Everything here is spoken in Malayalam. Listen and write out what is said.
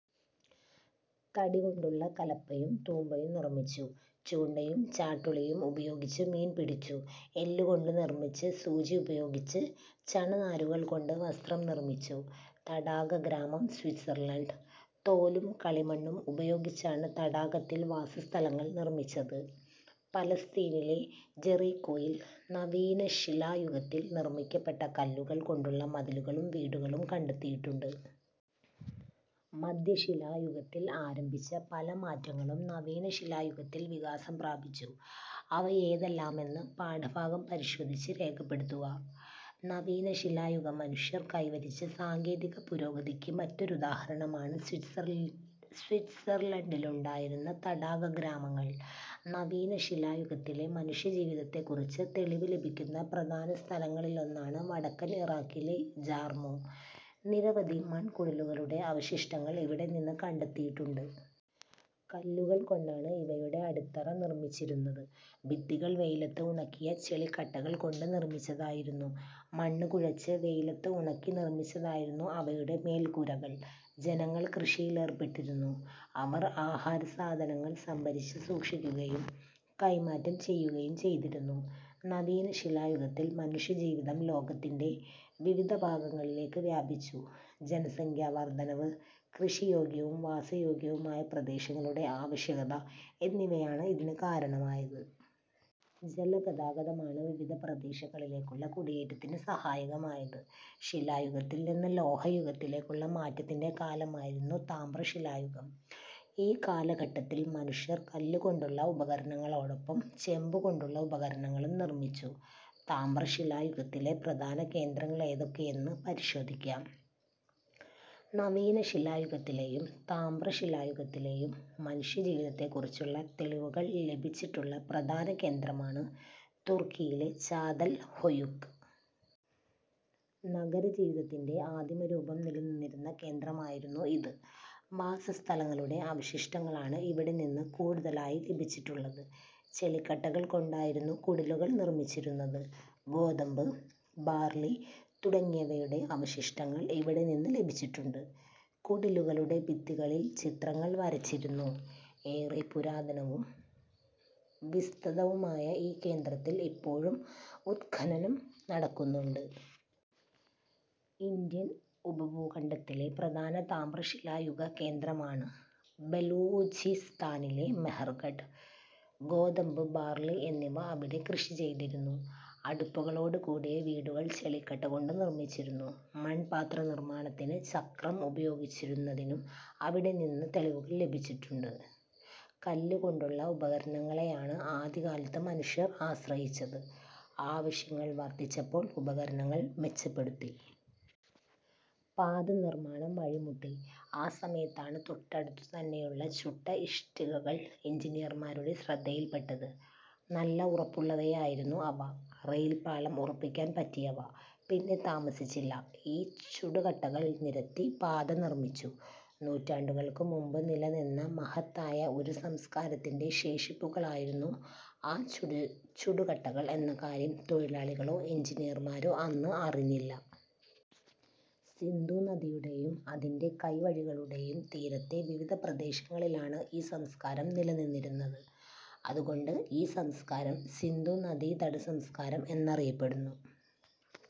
തടികൊണ്ടുള്ള കലപ്പയും തൂമ്പയും നിർമ്മിച്ചു. ചൂണ്ടയും ചാട്ടുളിയും ഉപയോഗിച്ച് മീൻ പിടിച്ചു. എല്ലു കൊണ്ട് നിർമ്മിച്ച് സൂചി ഉപയോഗിച്ച് ചണ നാരുകൾ കൊണ്ട് വസ്ത്രം നിർമിച്ചു. തടാകഗ്രാമം സ്വിറ്റ്സർലണ്ട്. തോലും കളിമണ്ണും ഉപയോഗിച്ചാണ് തടാകത്തിൽ വാസസ്ഥലങ്ങൾ നിർമ്മിച്ചത്. പലസ്തീനിലെ ജെറീക്കോയിൽ നവീനശിലായുഗത്തിൽ നിർമ്മിക്കപ്പെട്ട കല്ലുകൾ കൊണ്ടുള്ള മതിലുകളും വീടുകളും കണ്ടെത്തിയിട്ടുണ്ട്. മധ്യശിലായുഗത്തിൽ ആരംഭിച്ച പല മാറ്റങ്ങളും നവീന ശിലായുഗത്തിൽ വികാസം പ്രാപിച്ചു. അവയേതെല്ലാമെന്ന് പാഠഭാഗം പരിശോധിച്ച് രേഖപ്പെടുത്തുക. നവീന ശിലായുഗ മനുഷ്യർ കൈവരിച്ച സാങ്കേതിക പുരോഗതിക്ക് മറ്റൊരുദാഹരണമാണ് സ്വിറ്റ്സർലണ്ടിലുണ്ടായിരുന്ന തടാകഗ്രാമങ്ങൾ. നവീന ശിലായുഗത്തിലെ മനുഷ്യജീവിതത്തെക്കുറിച്ച് തെളിവ് ലഭിക്കുന്ന പ്രധാന സ്ഥലങ്ങളിലൊന്നാണ് വടക്കൻ ഇറാക്കിലെ ജാർമൊ. നിരവധി മൺകുടിലുകളുടെ അവശിഷ്ടങ്ങൾ ഇവിടെ നിന്ന് കണ്ടെത്തിയിട്ടുണ്ട്. കല്ലുകൾകൊണ്ടാണ് ഇവയുടെ അടിത്തറ നിർമ്മിച്ചിരുന്നത്. ഭിത്തികൾ വെയിലത്ത് ഉണക്കിയ ചെളിക്കട്ടകൾ കൊണ്ട് നിർമ്മിച്ചതായിരുന്നു. മണ്ണ് കുഴച്ച് വെയിലത്ത് ഉണക്കി നിർമ്മിച്ചതായിരുന്നു അവയുടെ മേൽക്കൂരകൾ. ജനങ്ങൾ കൃഷിയിലേർപ്പെട്ടിരുന്നു. അവർ ആഹാരസാധനങ്ങൾ സംഭരിച്ച് സൂക്ഷിക്കുകയും കൈമാറ്റം ചെയ്യുകയും ചെയ്തിരുന്നു. നവീനശിലായുഗത്തിൽ മനുഷ്യജീവിതം ലോകത്തിന്റെ വിവിധ ഭാഗങ്ങളിലേക്ക് വ്യാപിച്ചു. ജനസംഖ്യാ വർദ്ധനവ്, കൃഷിയോഗ്യവും വാസയോഗ്യവുമായ പ്രദേശങ്ങളുടെ ആവശ്യകത എന്നിവയാണ് ഇതിന് കാരണമായത്. ജലഗതാഗതമാണ് വിവിധ പ്രദേശങ്ങളിലേക്കുള്ള കുടിയേറ്റത്തിന് സഹായകമായത്. ശിലായുഗത്തിൽനിന്ന് ലോഹയുഗത്തിലേക്കുള്ള മാറ്റത്തിന്റെ കാലമായിരുന്നു താമ്രശിലായുഗം. ഈ കാലഘട്ടത്തിൽ മനുഷ്യർ കല്ലു കൊണ്ടുള്ള ഉപകരണങ്ങളോടൊപ്പം ചെമ്പു കൊണ്ടുള്ള ഉപകരണങ്ങളും നിർമ്മിച്ചു. താമ്രശിലായുഗത്തിലെ പ്രധാന കേന്ദ്രങ്ങളേതൊക്കെയെന്ന് പരിശോധിക്കാം. നവീന ശിലായുഗത്തിലെയും താമ്രശിലായുഗത്തിലെയും മനുഷ്യ ജീവിതത്തെക്കുറിച്ചുള്ള തെളിവുകൾ ലഭിച്ചിട്ടുള്ള പ്രധാന കേന്ദമാണ് തുർക്കിയിലെ ചാതൽ ഹൊയുക്ക്. നഗരജീവിതത്തിന്റെ ആദിമ രൂപം നിലനിന്നിരുന്ന കേന്ദ്രമായിരുന്നു ഇത്. മാസസ്ഥലങ്ങളുടെ അവശിഷ്ടങ്ങളാണ് ഇവിടെനിന്ന് കൂടുതലായി ലഭിച്ചിട്ടുള്ളത്. ചെളിക്കട്ടകൾ കൊണ്ടായിരുന്നു കുടിലുകൾ നിർമ്മിച്ചിരുന്നത്. ഗോതമ്പ്, ബാർലി തുടങ്ങിയവയുടെ അവശിഷ്ടങ്ങൾ ഇവിടെ നിന്ന് ലഭിച്ചിട്ടുണ്ട്. കുടിലുകളുടെ ഭിത്തികളിൽ ചിത്രങ്ങൾ വരച്ചിരുന്നു. ഏറെ പുരാതനവും വിസ്തതവുമായ ഈ കേന്ദ്രത്തിൽ ഇപ്പോഴും ഉത്ഖനനം നടക്കുന്നുണ്ട്. ഇന്ത്യൻ ഉപഭൂഖണ്ഡത്തിലെ പ്രധാന താമ്രശിലായുഗ കേന്ദ്രമാണ് ബലൂചിസ്ഥാനിലെ മെഹർഗഡ്, ഗോതമ്പ്, ബാർലി എന്നിവ അവിടെ കൃഷി ചെയ്തിരുന്നു. അടുപ്പുകളോടുകൂടിയ വീടുകൾ ചെളിക്കട്ട കൊണ്ട് നിർമ്മിച്ചിരുന്നു. മൺപാത്ര നിർമ്മാണത്തിന് ചക്രം ഉപയോഗിച്ചിരുന്നതിനും അവിടെനിന്ന് തെളിവുകൾ ലഭിച്ചിട്ടുണ്ട്. കല്ലുകൊണ്ടുള്ള ഉപകരണങ്ങളെയാണ് ആദ്യകാലത്ത് മനുഷ്യർ ആശ്രയിച്ചത്. ആവശ്യങ്ങൾ വർദ്ധിച്ചപ്പോൾ ഉപകരണങ്ങൾ മെച്ചപ്പെടുത്തി. പാത നിർമ്മാണം വഴിമുട്ടി. ആ സമയത്താണ് തൊട്ടടുത്തു തന്നെയുള്ള ചുട്ട ഇഷ്ടികകൾ എഞ്ചിനീയർമാരുടെ ശ്രദ്ധയിൽപ്പെട്ടത്. നല്ല ഉറപ്പുളളവയായിരുന്നു അവ. റയിൽപ്പാളം ഉറപ്പിക്കാൻ പറ്റിയവ. പിന്നെ താമസിച്ചില്ല ഈ ചുടുകട്ടകൾ നിരത്തി പാത നിർമ്മിച്ചു. നൂറ്റാണ്ടുകൾക്ക് മുമ്പ് നിലനിന്ന മഹത്തായ ഒരു സംസ്കാരത്തിന്റെ ശേഷിപ്പുകളായിരുന്നു ആ ചുടുകട്ടകൾ എന്ന കാര്യം തൊഴിലാളികളോ എഞ്ചിനീയർമാരോ അന്ന് അറിഞ്ഞില്ല. സിന്ധു നദിയുടെയും അതിന്റെ കൈവഴികളുടെയും തീരത്തെ വിവിധ പ്രദേശങ്ങളിലാണ് ഈ സംസ്കാരം നില നിന്നിരുന്നത്. അതുകൊണ്ട് ഈ സംസ്കാരം സിന്ധു നദീതട സംസ്കാരം എന്നറിയപ്പെടുന്നു.